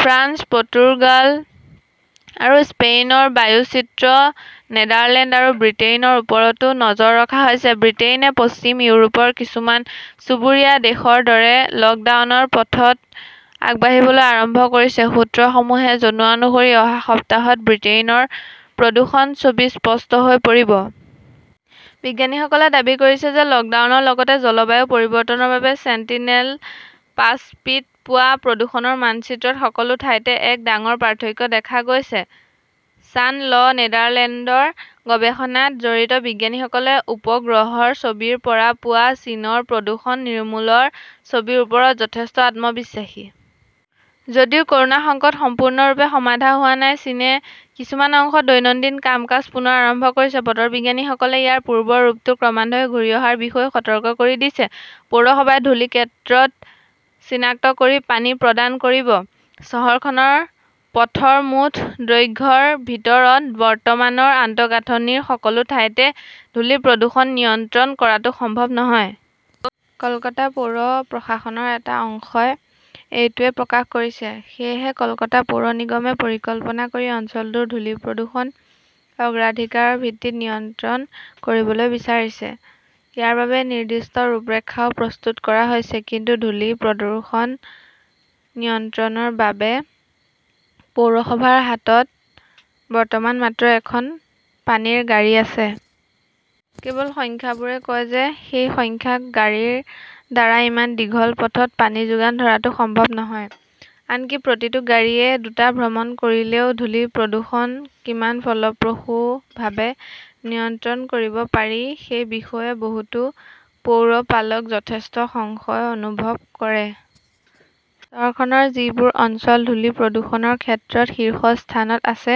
France, Portugal আৰু স্পেইনৰ বায়ুচিত্ৰ, নেদাৰলেণ্ড আৰু ব্ৰিটেইনৰ ওপৰতো নজৰ ৰখা হৈছে। ব্ৰিটেইনে পশ্চিম ইউৰোপৰ কিছুমান চুবুৰীয়া দেশৰ দৰে লকডাউনৰ পথত আগবাঢ়িবলৈ আৰম্ভ কৰিছে। সূত্ৰসমূহে জনোৱা অনুসৰি অহা সপ্তাহত ব্ৰিটেইনৰ প্ৰদূষণ-ছবি স্পষ্ট হৈ পৰিব। বিজ্ঞানীসকলে দাবী কৰিছে যে লকডাউনৰ লগতে জলবায়ু পৰিৱৰ্তনৰ বাবে ছেণ্টিনেল-পাঁচ পি-ত পোৱা প্ৰদূষণৰ মানচিত্ৰত সকলো ঠাইতে এক ডাঙৰ পাৰ্থক্য দেখা গৈছে। ছান 'ল নেদাৰলেণ্ডৰ গৱেষণাত জড়িত বিজ্ঞানীসকলে উপগ্ৰহৰ ছবিৰ পৰা পোৱা চীনৰ প্ৰদূষণ নিৰ্মূলৰ ছবিৰ ওপৰত যথেষ্ট আত্মবিশ্বাসী। যদিও কৰোনা সংকট সম্পূৰ্ণৰূপে সমাধান হোৱা নাই, চীনে কিছুমান অংশত দৈনন্দিন কাম-কাজ পুনৰ আৰম্ভ কৰিছে। বতৰ বিজ্ঞানীসকলে ইয়াৰ পূৰ্বৰ ৰূপটো ক্ৰমান্বয়ে ঘূৰি অহাৰ বিষয়েও সতৰ্ক কৰি দিছে। পৌৰসভাই ধূলি-ক্ষেত্ৰ চিনাক্ত কৰি পানী প্ৰদান কৰিব চহৰখনৰ পথৰ মুঠ দৈৰ্ঘ্যৰ ভিতৰত, বৰ্তমানৰ আন্তঃগাঁথনিৰ সকলো ঠাইতে ধূলি প্ৰদূষণ নিয়ন্ত্ৰণ কৰাটো সম্ভৱ নহয়। কলকাতা পৌৰ প্ৰশাসনৰ এটা অংশই এইটোৱেই প্ৰকাশ কৰিছে। সেয়েহে কলকাতা পৌৰ নিগমে পৰিকল্পনা কৰি অঞ্চলটোৰ ধূলি-প্ৰদূষণ অগ্ৰাধিকাৰৰ ভিত্তিত নিয়ন্ত্ৰণ কৰিবলৈ বিচাৰিছে। ইয়াৰ বাবে নিৰ্দিষ্ট ৰূপৰেখাও প্ৰস্তুত কৰা হৈছে। কিন্তু ধূলি-প্ৰদূষণ নিয়ন্ত্ৰণৰ বাবে পৌৰসভাৰ হাতত বৰ্তমান মাত্ৰ এখন পানীৰ গাড়ী আছে। কেৱল সংখ্যাবোৰে কয় যে সেই সংখ্যক গাড়ীৰ দ্বাৰা ইমান দীঘল পথত পানী যোগান ধৰাটো সম্ভৱ নহয়। আনকি প্ৰতিটো গাড়ীয়ে দুটা ভ্ৰমণ কৰিলেও ধূলি-প্ৰদূষণ কিমান ফলপ্ৰসূভাৱে নিয়ন্ত্ৰণ কৰিব পাৰি সেই বিষয়ে বহুতো পৌৰপালক যথেষ্ট সংশয় অনুভৱ কৰে। চহৰখনৰ যিবোৰ অঞ্চল ধূলি-প্ৰদূষণৰ ক্ষেত্ৰত শীৰ্ষ স্তৰত আছে,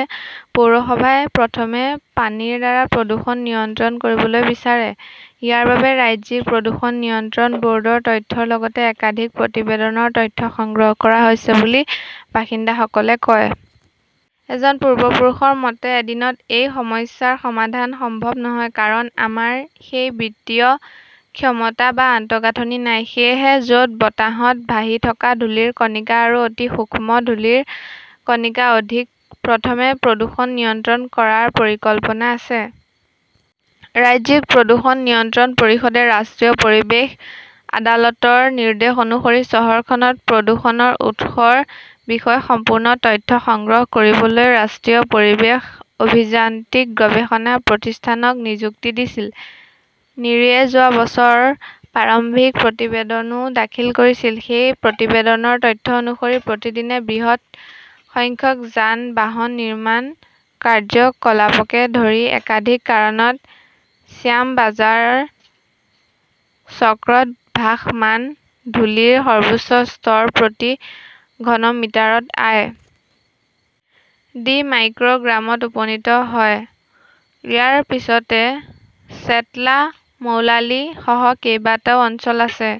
পৌৰসভাই প্ৰথমে পানীৰ দ্বাৰা প্ৰদূষণ নিয়ন্ত্ৰণ কৰিবলৈ বিচাৰে। ইয়াৰ বাবে ৰাজ্যিক প্ৰদূষণ নিয়ন্ত্ৰণ বৰ্ডৰ তথ্যৰ লগতে একাধিক প্ৰতিবেদনৰ তথ্য সংগ্ৰহ কৰা হৈছে বুলি বাসিন্দাসকলে কয়। এজন পূৰ্বপুৰুষৰ মতে, এদিনত এই সমস্যাৰ সমাধান সম্ভৱ নহয়। কাৰণ, আমাৰ সেই বিত্তীয় ক্ষমতা বা আন্তঃগাঁথনি নাই। সেয়েহে য'ত বতাহত ভাহি থকা ধূলিৰ কণিকা আৰু অতি সূক্ষ্ম ধূলিৰ কণিকা অধিক, প্ৰথমে প্ৰদূষণ নিয়ন্ত্ৰণ কৰাৰ পৰিকল্পনা আছে। ৰাজ্যিক প্ৰদূষণ নিয়ন্ত্ৰণ পৰিষদে ৰাষ্ট্ৰীয় পৰিৱেশ আদালতৰ নিৰ্দেশ অনুসৰি চহৰখনত প্ৰদূষণৰ উৎসৰ বিষয়ে সম্পূৰ্ণ তথ্য সংগ্ৰহ কৰিবলৈ ৰাষ্ট্ৰীয় পৰিৱেশ অভিযান্ত্ৰিক গৱেষণা প্ৰতিষ্ঠানক নিযুক্তি দিছিল। নিৰীয়ে যোৱা বছৰ প্ৰাৰম্ভিক প্ৰতিবেদনও দাখিল কৰিছিল। সেই প্ৰতিবেদনৰ তথ্য অনুসৰি, প্ৰতিদিনে বৃহৎ সংখ্যক যান-বাহন, নিৰ্মাণ কাৰ্যকলাপকে ধৰি একাধিক কাৰণত শ্যামবাজাৰ চক্ৰত ভাসমান ধূলিৰ সৰ্বোচ্চ স্তৰ প্ৰতি ঘনমিটাৰত আই. ডি. মাইক্ৰ গ্ৰামত উপনীত হয়। ইয়াৰ পিছতে চেটলা, মৌলালী সহ কেইবাটাও অঞ্চল আছে।